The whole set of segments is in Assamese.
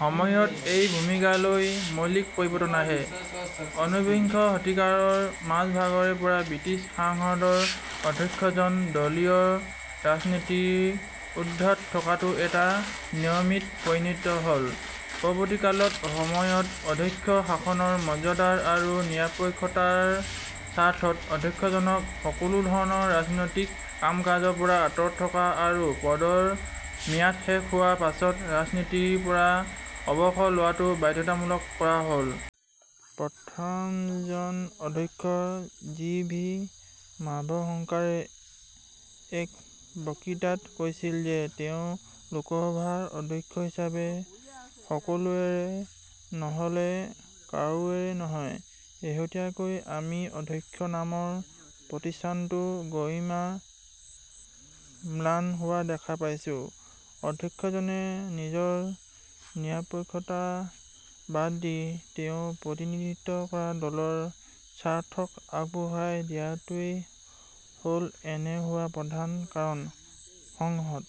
সময়ত এই ভূমিকালৈ মৌলিক পৰিৱৰ্তন আহে। উনবিংশ শতিকাৰ মাজভাগৰে পৰা বৃটিছ সাংসদৰ অধ্যক্ষজন দলীয় ৰাজনীতিৰ উৰ্দ্ধত থকাটো এটা নিয়মত পৰিণত হ'ল। পৰৱৰ্তীকালত সময়ত অধ্যক্ষৰ আসনৰ মৰ্যাদা আৰু নিৰপেক্ষতাৰ স্বাৰ্থত অধ্যক্ষজনক সকলো ধৰণৰ ৰাজনৈতিক কাম কাজৰ পৰা আঁতৰত থকা আৰু পদৰ ম্যাদ শেষ হোৱাৰ পাছত ৰাজনীতিৰ পৰা অৱসৰ লোৱাটো বাধ্যতামূলক কৰা হ'ল। প্ৰথমজন অধ্যক্ষ জি ভি মাভসংকাৰে এক বক্তৃতাত কৈছিল যে তেওঁ লোকসভাৰ অধ্যক্ষ হিচাপে সকলোৰে নহ'লে কাৰোৰে নহয়। শেহতীয়াকৈ আমি অধ্যক্ষ নামৰ প্ৰতিষ্ঠানটোৰ গৰিমা ম্লান হোৱা দেখা পাইছোঁ। অধ্যক্ষজনে নিজৰ নিৰপেক্ষতা বাদ দি তেওঁ প্ৰতিনিধিত্ব কৰা দলৰ স্বাৰ্থক আগবঢ়াই দিয়াটোৱেই হ'ল এনে হোৱাৰ প্ৰধান কাৰণ। সংসদ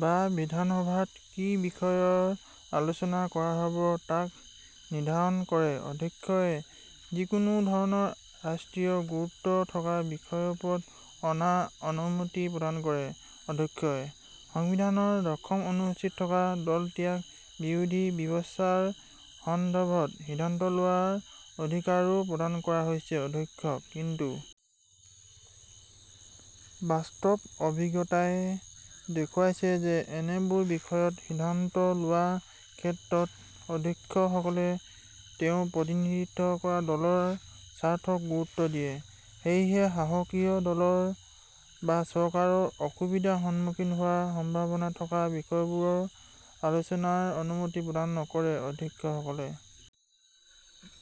বা বিধানসভাত কি বিষয়ৰ আলোচনা কৰা হ'ব তাক নিৰ্দ্ধাৰণ কৰে অধ্যক্ষই। যিকোনো ধৰণৰ ৰাষ্ট্ৰীয় গুৰুত্ব থকা বিষয়ৰ ওপৰত অনাৰ অনুমতি প্ৰদান কৰে অধ্যক্ষই। সংবিধানৰ দশম অনুসূচীত থকা দলত্যাগ বিৰোধী ব্যৱস্থাৰ সন্দৰ্ভত সিদ্ধান্ত লোৱাৰ অধিকাৰো প্ৰদান কৰা হৈছে অধ্যক্ষক। কিন্তু বাস্তৱ অভিজ্ঞতাই দেখুৱাইছে যে এনেবোৰ বিষয়ত সিদ্ধান্ত লোৱাৰ ক্ষেত্ৰত অধ্যক্ষসকলে তেওঁ প্ৰতিনিধিত্ব কৰা দলৰ স্বাৰ্থক গুৰুত্ব দিয়ে। সেয়েহে শাসকীয় দলৰ বা চৰকাৰ অসুবিধাৰ সন্মুখীন হোৱাৰ সম্ভাৱনা থকা বিষয়বোৰৰ আলোচনাৰ অনুমতি প্ৰদান নকৰে অধ্যক্ষসকলে।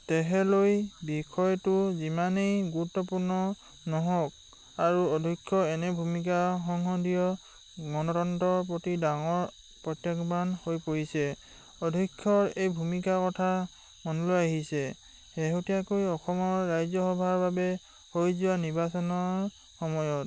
তেহেলৈ বিষয়টো যিমানেই গুৰুত্বপূৰ্ণ নহওক আৰু অধ্যক্ষৰ এনে ভূমিকা সংসদীয় গণতন্ত্ৰৰ প্ৰতি ডাঙৰ প্ৰত্যাহ্বান হৈ পৰিছে। অধ্যক্ষৰ এই ভূমিকাৰ কথা মনলৈ আহিছে শেহতীয়াকৈ অসমৰ ৰাজ্যসভাৰ বাবে হৈ যোৱা নিৰ্বাচনৰ সময়ত।